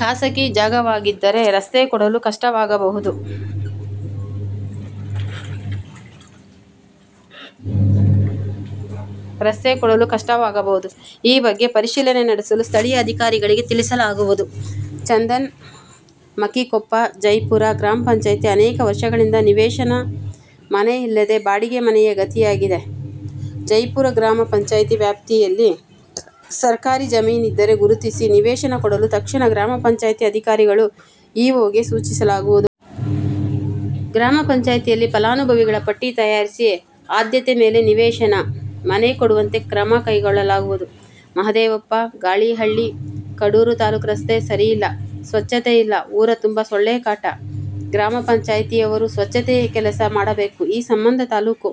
ಖಾಸಗಿ ಜಾಗವಾಗಿದ್ದರೆ ರಸ್ತೆ ಕೊಡಲು ಕಷ್ಟವಾಗಬಹುದು. ಈ ಬಗ್ಗೆ ಪರಿಶೀಲನೆ ನಡೆಸಲು ಸ್ಥಳೀಯ ಅಧಿಕಾರಿಗಳಿಗೆ ತಿಳಿಸಲಾಗುವುದು. ಚಂದನ್, ಮಕ್ಕಿಕೊಪ್ಪ, ಜಯಪುರ ಗ್ರಾಮ ಪಂಚಾಯ್ತಿ ಅನೇಕ ವರ್ಷಗಳಿಂದ ನಿವೇಶನ, ಮನೆ ಇಲ್ಲದೆ ಬಾಡಿಗೆ ಮನೆಯೇ ಗತಿಯಾಗಿದೆ. ಜಯಪುರ ಗ್ರಾಮ ಪಂಚಾಯ್ತಿ ವ್ಯಾಪ್ತಿಯಲ್ಲಿ ಸರಕಾರಿ ಜಮೀನಿದ್ದರೆ ಗುರುತಿಸಿ ನಿವೇಶನ ಕೊಡಲು ತಕ್ಷಣ ಗ್ರಾಮ ಪಂಚಾಯ್ತಿ ಅಧಿಕಾರಿಗಳು, ಇಒಗೆ ಸೂಚಿಸಲಾಗುವುದು. ಗ್ರಾಮ ಪಂಚಾಯ್ತಿಯಲ್ಲಿ ಫಲಾನುಭವಿಗಳ ಪಟ್ಟಿ ತಯಾರಿಸಿ ಆದ್ಯತೆ ಮೇಲೆ ನಿವೇಶನ, ಮನೆ ಕೊಡುವಂತೆ ಕ್ರಮ ಕೈಗೊಳ್ಳಲಾಗುವುದು. ಮಹಾದೇವಪ್ಪ, ಗಾಳಿಹಳ್ಳಿ, ಕಡೂರು ತಾಲ್ಲೂಕು ರಸ್ತೆ ಸರಿಯಿಲ್ಲ, ಸ್ವಚ್ಛತೆ ಇಲ್ಲ, ಊರ ತುಂಬಾ ಸೊಳ್ಳೆಕಾಟ. ಗ್ರಾಮ ಪಂಚಾಯ್ತಿಯವರು ಸ್ವಚ್ಛತೆ ಕೆಲಸ ಮಾಡಬೇಕು. ಈ ಸಂಬಂಧ ತಾಲ್ಲೂಕು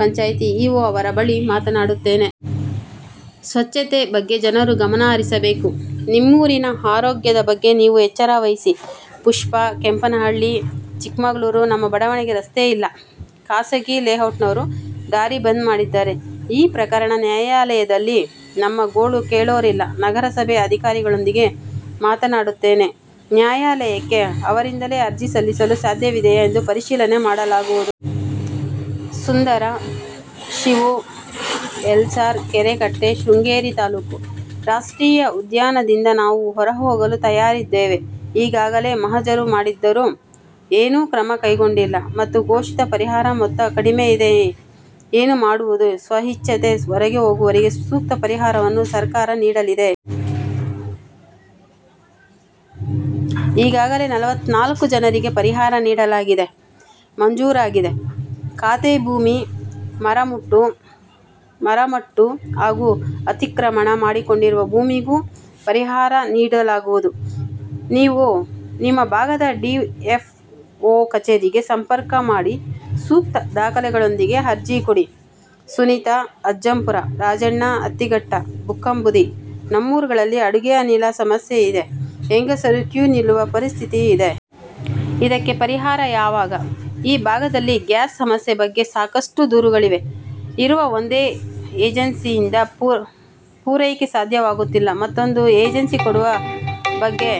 ಪಂಚಾಯ್ತಿ ಇಒ ಅವರ ಬಳಿ ಮಾತನಾಡುತ್ತೇನೆ. ಸ್ವಚ್ಛತೆ ಬಗ್ಗೆ ಜನರೂ ಗಮನ ಹರಿಸಬೇಕು. ನಿಮ್ಮೂರಿನ ಆರೋಗ್ಯದ ಬಗ್ಗೆ ನೀವೂ ಎಚ್ಚರವಹಿಸಿ. ಪುಷ್ಪಾ, ಕೆಂಪನಹಳ್ಳಿ, ಚಿಕ್ಕಮಗಳೂರು ನಮ್ಮ ಬಡಾವಣೆಗೆ ರಸ್ತೆ ಇಲ್ಲ, ಖಾಸಗಿ ಲೇಔಟ್ನವರು ದಾರಿ ಬಂದ್ ಮಾಡಿದ್ದಾರೆ. ಈ ಪ್ರಕರಣ ನ್ಯಾಯಾಲಯದಲ್ಲಿದೆ ನಮ್ಮ ಗೋಳು ಕೇಳೋರಿಲ್ಲ. ನಗರಸಭೆ ಅಧಿಕಾರಿಗಳೊಂದಿಗೆ ಮಾತನಾಡುತ್ತೇನೆ. ನ್ಯಾಯಾಲಯಕ್ಕೆ ಅವರಿಂದಲೇ ಅರ್ಜಿ ಸಲ್ಲಿಸಲು ಸಾಧ್ಯವಿದೆಯಾ ಎಂದು ಪರಿಶೀಲನೆ ಮಾಡಲಾಗುವುದು. ಸುಂದರ, ಶಿವು, ಎಲ್ಸಾರ್, ಕೆರೆಕಟ್ಟೆ, ಶೃಂಗೇರಿ ತಾಲ್ಲೂಕು. ರಾಷ್ಟ್ರೀಯ ಉದ್ಯಾನದಿಂದ ನಾವು ಹೊರ ಹೋಗಲು ತಯಾರಿದ್ದೇವೆ. ಈಗಾಗಲೇ ಮಹಜರು ಮಾಡಿದ್ದರೂ ಏನೂ ಕ್ರಮ ಕೈಗೊಂಡಿಲ್ಲ ಮತ್ತು ಘೋಷಿತ ಪರಿಹಾರ ಮೊತ್ತ ಕಡಿಮೆ ಇದೆ ಏನು ಮಾಡುವುದು? ಸ್ವ ಇಚ್ಛೆಯಿಂದ ಹೊರಗೆ ಹೋಗುವವರಿಗೆ ಸೂಕ್ತ ಪರಿಹಾರವನ್ನು ಸರಕಾರ ನೀಡಲಿದೆ. ಈಗಾಗಲೇ ನಲವತ್ನಾಲ್ಕು ಜನರಿಗೆ ಪರಿಹಾರ ನೀಡಲಾಗಿದೆ. ಮಂಜೂರಾಗಿದೆ. ಖಾತೆ ಭೂಮಿ, ಮರ ಮಟ್ಟು ಹಾಗೂ ಅತಿಕ್ರಮಣ ಮಾಡಿಕೊಂಡಿರುವ ಭೂಮಿಗೂ ಪರಿಹಾರ ನೀಡಲಾಗುವುದು. ನೀವು ನಿಮ್ಮ ಭಾಗದ ಡಿಎಫ್ಒ ಕಚೇರಿಗೆ ಸಂಪರ್ಕ ಮಾಡಿ ಸೂಕ್ತ ದಾಖಲೆಯೊಂದಿಗೆ ಅರ್ಜಿ ಕೊಡಿ. ಸುನೀತಾ, ಅಜ್ಜಂಪುರ. ರಾಜಣ್ಣ, ಅತ್ತಿಘಟ್ಟ, ಬುಕ್ಕಾಂಬುಧಿ ನಮ್ಮೂರುಗಳಲ್ಲಿ ಅಡುಗೆ ಅನಿಲ ಸಮಸ್ಯೆಯಿದೆ, ಹೆಂಗಸರು ಕ್ಯೂ ನಿಲ್ಲುವ ಪರಿಸ್ಥಿತಿ ಇದೆ. ಇದಕ್ಕೆ ಪರಿಹಾರ ಯಾವಾಗ, ಈ ಭಾಗದಲ್ಲಿ ಗ್ಯಾಸ್ ಸಮಸ್ಯೆ ಬಗ್ಗೆ ಸಾಕಷ್ಟು ದೂರುಗಳಿವೆ. ಇರುವ ಒಂದೇ ಏಜೆನ್ಸಿಯಿಂದ ಪೂರೈಕೆ ಸಾಧ್ಯವಾಗುತ್ತಿಲ್ಲ. ಮತ್ತೊಂದು ಏಜೆನ್ಸಿ ಕೊಡುವ ಬಗ್ಗೆ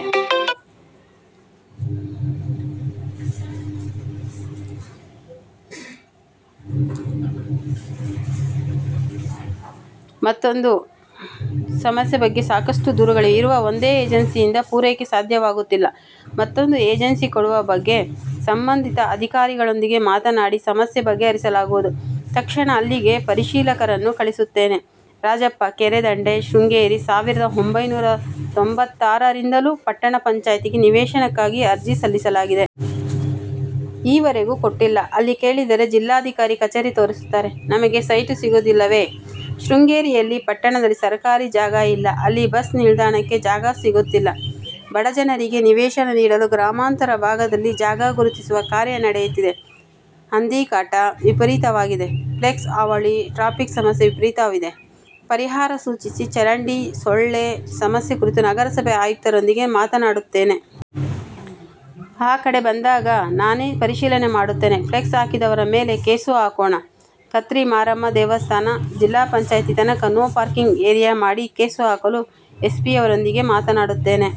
ಸಂಬಂಧಿತ ಅಧಿಕಾರಿಗಳೊಂದಿಗೆ ಮಾತನಾಡಿ ಸಮಸ್ಯೆ ಬಗೆಹರಿಸಲಾಗುವುದು. ತಕ್ಷಣ ಅಲ್ಲಿಗೆ ಪರಿಶೀಲಕರನ್ನು ಕಳಿಸುತ್ತೇನೆ. ರಾಜಪ್ಪ, ಕೆರೆ ದಂಡೆ, ಶೃಂಗೇರಿ ಸಾವಿರದ ಒಂಭೈನೂರ ತೊಂಬತ್ತಾರರಿಂದಲೂ ಪಟ್ಟಣ ಪಂಚಾಯಿತಿಗೆ ನಿವೇಶನಕ್ಕಾಗಿ ಅರ್ಜಿ ಸಲ್ಲಿಸಲಾಗಿದೆ. ಈವರೆಗೂ ಕೊಟ್ಟಿಲ್ಲ. ಅಲ್ಲಿ ಕೇಳಿದರೆ ಜಿಲ್ಲಾಧಿಕಾರಿ ಕಚೇರಿ ತೋರಿಸುತ್ತಾರೆ, ನಮಗೆ ಸೈಟು ಸಿಗುವುದಿಲ್ಲವೆ? ಶೃಂಗೇರಿಯಲ್ಲಿ ಪಟ್ಟಣದಲ್ಲಿ ಸರಕಾರಿ ಜಾಗ ಇಲ್ಲ. ಅಲ್ಲಿ ಬಸ್ ನಿಲ್ದಾಣಕ್ಕೇ ಜಾಗ ಸಿಗುತ್ತಿಲ್ಲ. ಬಡಜನರಿಗೆ ನಿವೇಶನ ನೀಡಲು ಗ್ರಾಮಾಂತರ ಭಾಗದಲ್ಲಿ ಜಾಗ ಗುರುತಿಸುವ ಕಾರ್ಯ ನಡೆಯುತ್ತಿದೆ. ಹಂದಿ ಕಾಟ ವಿಪರೀತವಾಗಿದೆ. ಫ್ಲೆಕ್ಸ್ ಹಾವಳಿ, ಟ್ರಾಫಿಕ್ ಸಮಸ್ಯೆ ವಿಪರೀತವಿದೆ, ಪರಿಹಾರ ಸೂಚಿಸಿ ಚರಂಡಿ, ಸೊಳ್ಳೆ ಸಮಸ್ಯೆ ಕುರಿತು ನಗರಸಭೆ ಆಯುಕ್ತರೊಂದಿಗೆ ಮಾತನಾಡುತ್ತೇನೆ. ಆ ಕಡೆ ಬಂದಾಗ ನಾನೇ ಪರಿಶೀಲನೆ ಮಾಡುತ್ತೇನೆ. ಫ್ಲೆಕ್ಸ್ ಹಾಕಿದವರ ಮೇಲೆ ಕೇಸು ಹಾಕೋಣ. ಕತ್ರಿ ಮಾರಮ್ಮ ದೇವಸ್ಥಾನ, ಜಿಲ್ಲಾ ಪಂಚಾಯಿತಿ ತನಕ ನೋ ಪಾರ್ಕಿಂಗ್ ಏರಿಯಾ ಮಾಡಿ ಕೇಸು ಹಾಕಲು ಎಸ್ಪಿಯವರೊಂದಿಗೆ ಮಾತನಾಡುತ್ತೇನೆ.